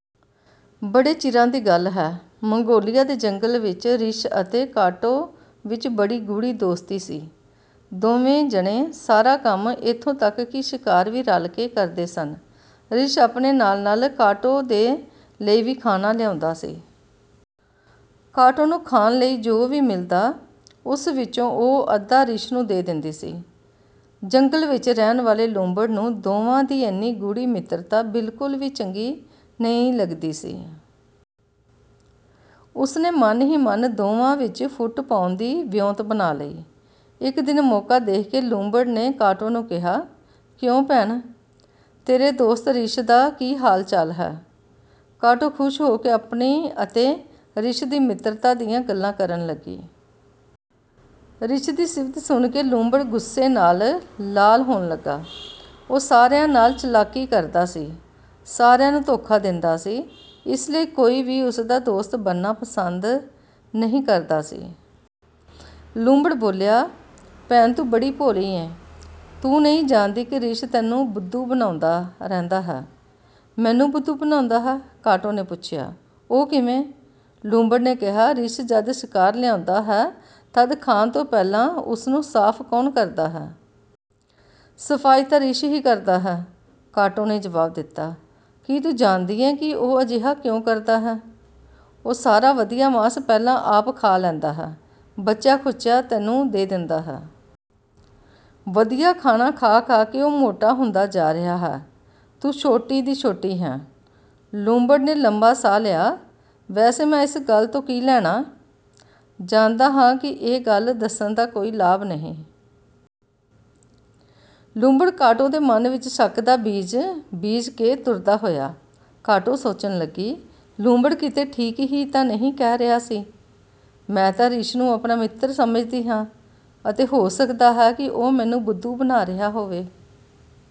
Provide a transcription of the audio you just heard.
ਬੜੇ ਚਿਰਾਂ ਦੀ ਗੱਲ ਹੈ। ਮੰਗੋਲੀਆ ਦੇ ਜੰਗਲ ਵਿੱਚ ਰਿੱਛ ਅਤੇ ਕਾਟੋ ਵਿੱਚ ਬੜੀ ਗੂੜ੍ਹੀ ਦੋਸਤੀ ਸੀ। ਦੋਵੇਂ ਜਣੇ ਸਾਰਾ ਕੰਮ, ਇੱਥੋਂ ਤਕ ਕਿ ਸ਼ਿਕਾਰ ਵੀ ਰਲ ਕੇ ਕਰਦੇ ਸਨ। ਰਿੱਛ ਆਪਣੇ ਨਾਲ-ਨਾਲ ਕਾਟੋ ਦੇ ਲਈ ਵੀ ਖਾਣਾ ਲਿਆਉਂਦਾ ਸੀ। ਕਾਟੋ ਨੂੰ ਖਾਣ ਲਈ ਜੋ ਵੀ ਮਿਲਦਾ, ਉਸ ਵਿੱਚੋਂ ਉਹ ਅੱਧਾ ਰਿੱਛ ਨੂੰ ਦੇ ਦਿੰਦੀ ਸੀ। ਜੰਗਲ ਵਿੱਚ ਰਹਿਣ ਵਾਲੇ ਲੂੰਬੜ ਨੂੰ ਦੋਵਾਂ ਦੀ ਐਨੀ ਗੂੜ੍ਹੀ ਮਿੱਤਰਤਾ ਬਿਲਕੁਲ ਵੀ ਚੰਗੀ ਨਹੀਂ ਲੱਗਦੀ ਸੀ। ਉਸ ਨੇ ਮਨ ਹੀ ਮਨ ਦੋਵਾਂ ਵਿੱਚ ਫੁੱਟ ਪਾਉਣ ਦੀ ਵਿਉਂਤ ਬਣਾ ਲਈ। ਇੱਕ ਦਿਨ ਮੌਕਾ ਦੇਖ ਕੇ ਲੂੰਬੜ ਨੇ ਕਾਟੋ ਨੂੰ ਕਿਹਾ, "ਕਿਉਂ ਭੈਣ, ਤੇਰੇ ਦੋਸਤ ਰਿੱਛ ਦਾ ਕੀ ਹਾਲ-ਚਾਲ ਹੈ? " ਕਾਟੋ ਖ਼ੁਸ਼ ਹੋ ਕੇ ਆਪਣੀ ਅਤੇ ਰਿੱਛ ਦੀ ਮਿੱਤਰਤਾ ਦੀਆਂ ਗੱਲਾਂ ਕਰਨ ਲੱਗੀ। ਰਿੱਛ ਦੀ ਸਿਫ਼ਤ ਸੁਣ ਕੇ ਲੂੰਬੜ ਗੁੱਸੇ ਨਾਲ ਲਾਲ ਹੋਣ ਲੱਗਾ। ਉਹ ਸਾਰਿਆਂ ਨਾਲ ਚਲਾਕੀ ਕਰਦਾ ਸੀ। ਸਾਰਿਆਂ ਨੂੰ ਧੋਖਾ ਦਿੰਦਾ ਸੀ। ਇਸ ਲਈ ਕੋਈ ਵੀ ਉਸ ਦਾ ਦੋਸਤ ਬਣਨਾ ਪਸੰਦ ਨਹੀਂ ਕਰਦਾ ਸੀ। ਲੂੰਬੜ ਬੋਲਿਆ,"ਭੈਣ ਤੂੰ ਬੜੀ ਭੋਲੀ ਏਂ। ਤੂੰ ਨਹੀਂ ਜਾਣਦੀ ਕਿ ਰਿੱਛ ਤੈਨੂੰ ਬੁੱਧੂ ਬਣਾਉਂਦਾ ਰਹਿੰਦਾ ਹੈ? " "ਮੈਨੂੰ ਬੁੱਧੂ ਬਣਾਉਂਦਾ ਹੈ… " ਕਾਟੋ ਨੇ ਪੁੱਛਿਆ, "ਉਹ ਕਿਵੇਂ? " ਲੂੰਬੜ ਨੇ ਕਿਹਾ,"ਰਿੱਛ ਜਦ ਸ਼ਿਕਾਰ ਲਿਆਉਂਦਾ ਹੈ ਤਦ ਖਾਣ ਤੋਂ ਪਹਿਲਾਂ ਉਸ ਨੂੰ ਸਾਫ਼ ਕੌਣ ਕਰਦਾ ਹੈ? " "ਸਫ਼ਾਈ ਤਾਂ ਰਿੱਛ ਹੀ ਕਰਦਾ ਹੈ," ਕਾਟੋ ਨੇ ਜਵਾਬ ਦਿੱਤਾ। "ਕੀ ਤੂੰ ਜਾਣਦੀ ਏਂ ਕਿ ਉਹ ਅਜਿਹਾ ਕਿਉਂ ਕਰਦਾ ਹੈ? ਉਹ ਸਾਰਾ ਵਧੀਆ ਮਾਸ ਪਹਿਲਾਂ ਆਪ ਖਾ ਲੈਂਦਾ ਹੈ, ਬਚਿਆ-ਖੁਚਿਆ ਤੈਨੂੰ ਦੇ ਦਿੰਦਾ ਹੈ। ਵਧੀਆ ਖਾਣਾ ਖਾ-ਖਾ ਕੇ ਉਹ ਮੋਟਾ ਹੁੰਦਾ ਜਾ ਰਿਹਾ ਹੈ, ਤੂੰ ਛੋਟੀ ਦੀ ਛੋਟੀ ਹੈਂ। " ਲੂੰਬੜ ਨੇ ਲੰਮਾ ਸਾਹ ਲਿਆ, "ਵੈਸੇ ਮੈਂ ਇਸ ਗੱਲ ਤੋਂ ਕੀ ਲੈਣਾ! ਜਾਣਦਾ ਹਾਂ ਕਿ ਇਹ ਗੱਲ ਦੱਸਣ ਦਾ ਕੋਈ ਲਾਭ ਨਹੀਂ…। " ਲੂੰਬੜ ਕਾਟੋ ਦੇ ਮਨ ਵਿੱਚ ਸ਼ੱਕ ਦਾ ਬੀਜ, ਬੀਜ ਕੇ ਤੁਰਦਾ ਹੋਇਆ। ਕਾਟੋ ਸੋਚਣ ਲੱਗੀ, "ਲੂੰਬੜ ਕਿਤੇ ਠੀਕ ਹੀ ਤਾਂ ਨਹੀਂ ਕਹਿ ਰਿਹਾ ਸੀ। ਮੈਂ ਤਾਂ ਰਿੱਛ ਨੂੰ ਆਪਣਾ ਮਿੱਤਰ ਸਮਝਦੀ ਹਾਂ ਅਤੇ ਹੋ ਸਕਦਾ ਹੈ ਕਿ ਉਹ ਮੈਨੂੰ ਬੁੱਧੂ ਬਣਾ ਰਿਹਾ ਹੋਵੇ।